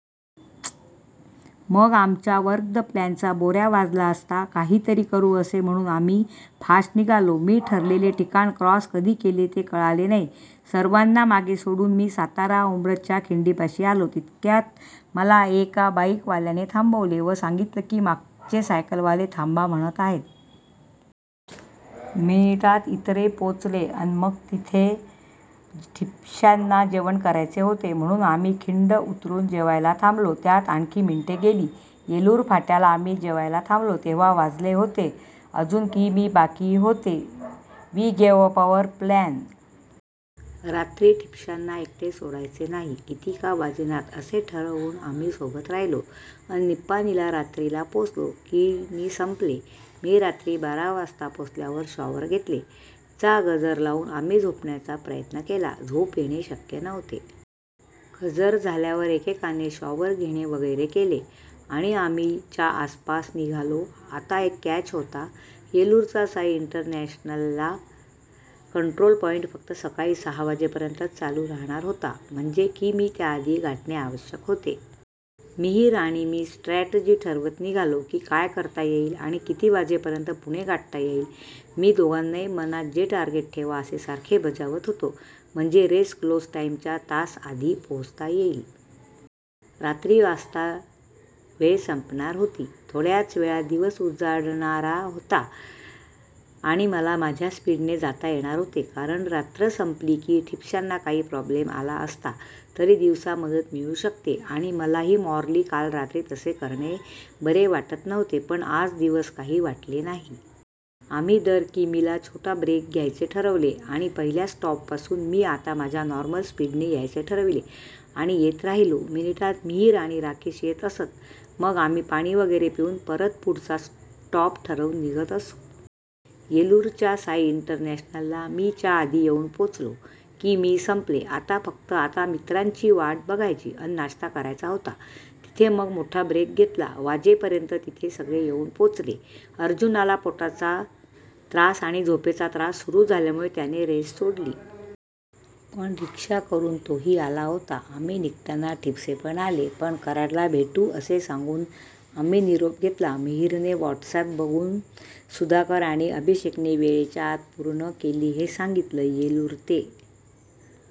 मग आमच्या "work the plan" चा बोर्या वाजला असता. काही तरी करू असे म्हणून आम्ही फास्ट निघालो. मी ठरलेले ठिकाण क्रॉस कधी केले ते कळाले नाही, सर्वांना मागे सोडून मी सातारा उंब्रजच्या खिंडीपाशी आलो तितक्यात मला एका बाईक वाल्याने थांबवले व सांगीतलं की मागचे सायकलवाले थांबा म्हणत आहेत. मिनिटात इतरही पोचले अन मग तिथे ठिपश्यांना जेवण करायचे होते म्हणून आम्ही खिंड उतरून जेवायला थांबलो. त्यात आणखी मिनिटे गेली. येलूर फाट्याला आम्ही जेवायला थांबलो तेंव्हा वाजले होते. अजून किमी बाकी होते. We gave up our plan! रात्री ठिपश्यांना एकटे सोडायचे नाही, कितीका वाजेनात असे ठरवून आम्ही सोबत राहिलो अन निप्पानीला रात्री ला पोचलो. किमी संपले!! मी रात्री वाजता पोचल्यावर शॉवर घेतले. चा गजर लावून आम्ही झोपायचा प्रयत्न केला. झोप येणे शक्य नव्हते. गजर झाल्यावर एकेकाने शॉवर घेणे वगैरे केले आणि आम्ही च्या आसपास निघालो. आता एक कॅच होता. येलूरचा साई इंटरनॅशनला कंट्रोल पॉईंट फक्त सकाळी वाजेपर्यंतच चालू राहणार होता. म्हणजे किमी त्या आधी गाठणे आवश्यक होते. मिहिर आणि मी स्ट्रॅटजी ठरवत निघालो की काय करता येईल आणि किती वाजेपर्यंत पुणे गाठता येईल. मी दोघांनाही मनात चे टारगेट ठेवा असे सारखे बजावत होतो. म्हणजे रेस क्लोज टाईमच्या तास आधी पोचता येईल. रात्री वाजता वेळ संपणार होती. थोड्याच वेळात दिवस उजाडणारा होता. आणि मला माझ्या स्पीडने जाता येणार होते. कारण रात्र संपली की ठिपश्यांना काही प्रॉब्लेम आला असता तरी दिवसा मदत मिळू शकते आणि मलाही मॉरली काल रात्री तसे करणे बरे वाटत नव्हते, पण आज दिवस काही वाटले नाही. आम्ही दर किमीला छोटा ब्रेक घ्यायचे ठरवले. आणि पहिल्या स्टॉप पासून मी आता माझ्या नॉर्मल स्पीडने यायचे ठरविले आणि येत राहिलो. मिनिटात मिहिर आणि राकेश येत असत. मग आम्ही पाणी वगैरे पिऊन परत पुढचा स्टॉप ठरवून निघत असू. येलूरच्या साई इंटरनॅशनलला मी च्या आधी येऊन पोचलो. किमी संपले. आता फक्त! आता मित्रांची वाट बघायची अन नाश्ता करायचा होता. तिथे मग मोठ्ठा ब्रेक घेतला वाजे पर्यंत तिथे सगळे येऊन पोचले. अर्जुनाला पोटाचा त्रास आणि झोपेचा त्रास सुरू झाल्यामुळे त्याने रेस सोडली. पण रिक्षा करून तो ही आला होता. आम्ही निघताना ठिपसे पण आले. पण कराड्ला भेटू असे सांगून आम्ही निरोप घेतला. मिहिरने वॉटसअॅप बघून सुधाकर आणि अभिषेकने वेळेच्या आत पूर्ण केली हे सांगीतलं! येलूर ते